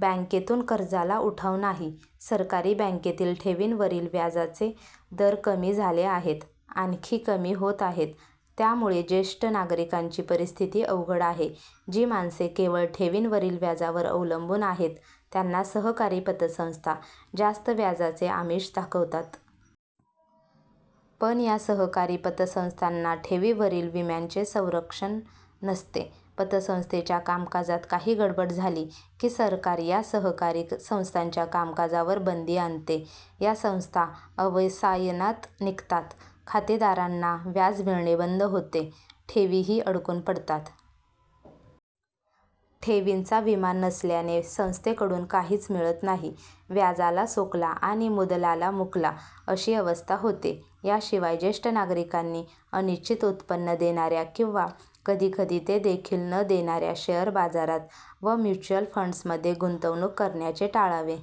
बँकेतून कर्जाला उठाव नाही. सरकारी बँकेतील ठेवींवरील व्याजाचे दर कमी झाले आहेत. आणखी कमी होत आहेत. त्यामुळे ज्येष्ठ नागरिकांची परिस्थिती अवघड आहे. जी माणसे केवळ ठेवींवरील व्याजावर अवलंबून आहेत, त्यांना सहकारी पतसंस्था जास्त व्याजाचे आमिष दाखवतात. पण या सहकारी पतसंस्थांना ठेवींवरील विम्याचे संरक्षण नसते. पतसंस्थेच्या कामकाजात काही गडबड झाली की सरकार या सहकारी संस्थांच्या कामकाजावर बंदी आणते. या संस्था अवसायनात निघतात. खातेदारांना व्याज मिळणे बंद होते. ठेवीही अडकून पडतात. ठेवींचा विमा नसल्याने संस्थेकडून काहीच मिळत नाही. व्याजाला सोकला आणि मुदलाला मुकला, अशी अवस्था होते. याशिवाय ज्येष्ठ नागरिकांनी अनिश्चित उत्पन्न देणाऱ्या किंवा कधीकधी ते देखील न देणाऱ्या शेअर बाजारात व म्युच्युअल फंड्समध्ये गुंतवणूक करण्याचे टाळावे.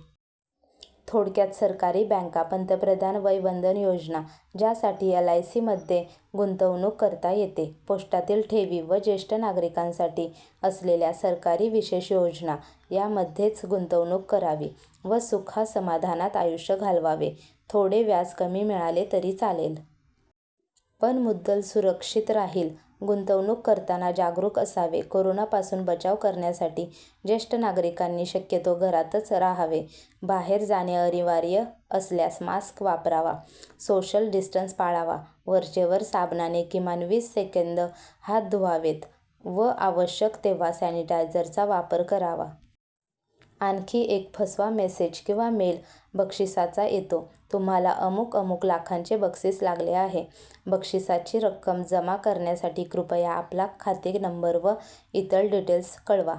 थोडक्यात सरकारी बँका, पंतप्रधान वय वंदन योजना, ज्यासाठी एलआयसीमध्ये गुंतवणूक करता येते, पोस्टातील ठेवी व ज्येष्ठ नागरिकांसाठी असलेल्या सरकारी विशेष योजना यामध्येच गुंतवणूक करावी व सुखासमाधानात आयुष्य घालवावे. थोडे व्याज कमी मिळाले तरी चालेल. पण मुद्दल सुरक्षित राहील. गुंतवणूक करताना जागरूक असावे. कोरोनापासून बचाव करण्यासाठी ज्येष्ठ नागरिकांनी शक्यतो घरातच राहावे. बाहेर जाणे अनिवार्य असल्यास मास्क वापरावा, सोशल डिस्टन्स पाळावा, वरचेवर साबणाने किमान वीस सेकंद हात धुवावेत व आवश्यक तेव्हा सॅनिटायझरचा वापर करावा. आणखी एक फसवा मेसेज किंवा मेल बक्षिसाचा येतो. तुम्हाला अमुक अमुक लाखांचे बक्षीस लागले आहे. बक्षिसाची रक्कम जमा करण्यासाठी कृपया आपला खाते नंबर व इतर डिटेल्स कळवा.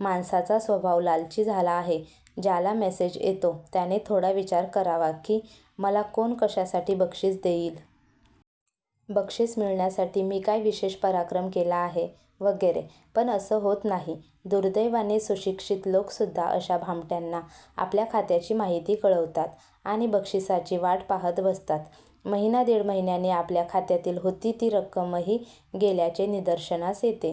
माणसाचा स्वभाव लालची झाला आहे. ज्याला मेसेज येतो त्याने थोडा विचार करावा की, मला कोण कशासाठी बक्षीस देईल? बक्षीस मिळण्यासाठी मी काय विशेष पराक्रम केला आहे? वगैरे. पण असं होत नाही. दुर्दैवाने सुशिक्षित लोकसुद्धा अशा भामट्यांना आपल्या खात्याची माहिती कळवतात आणि बक्षिसाची वाट पाहत बसतात. महिना दीड महिन्यांनी आपल्या खात्यातील होती ती रक्कमही गेल्याचे निदर्शनास येते.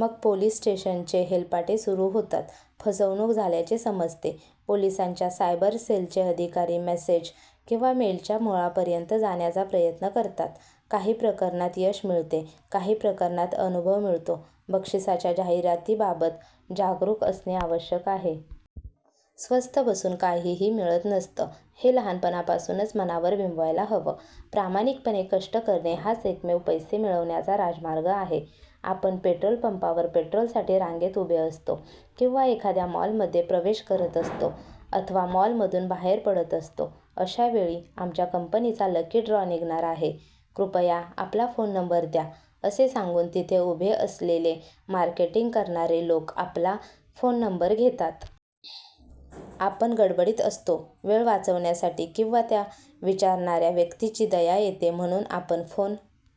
मग पोलिस स्टेशनचे हेलपाटे सुरू होतात. फसवणूक झाल्याचे समजते. पोलिसांच्या सायबर सेलचे अधिकारी मेसेज किंवा मेलच्या मुळापर्यंत जाण्याचा प्रयत्न करतात. काही प्रकरणात यश मिळते. काही प्रकरणात अनुभव मिळतो. बक्षिसाच्या जाहिरातीबाबत जागरूक असणे आवश्यक आहे. स्वस्थ बसून काहीही मिळत नसतं, हे लहानपणापासून मनावर बिंबवायला हवं. प्रामाणिकपणे कष्ट करणे हाच एकमेव पैसे मिळवण्याचा राजमार्ग आहे. आपण पेट्रोल पंपावर पेट्रोलसाठी रांगेत उभे असतो किंवा एखाद्या मॉलमध्ये प्रवेश करत असतो अथवा मॉलमधून बाहेर पडत असतो, अशावेळी आमच्या कंपनीचा लकी ड्रॉ निघणार आहे, कृपया आपला फोन नंबर द्या, असे सांगून तिथे उभे असलेले मार्केटिंग करणारे लोक आपला फोन नंबर घेतात. आपण गडबडीत असतो. वेळ वाचवण्यासाठी, किंवा त्या विचारणाऱ्या व्यक्तीची दया येते म्हणून आपण फोन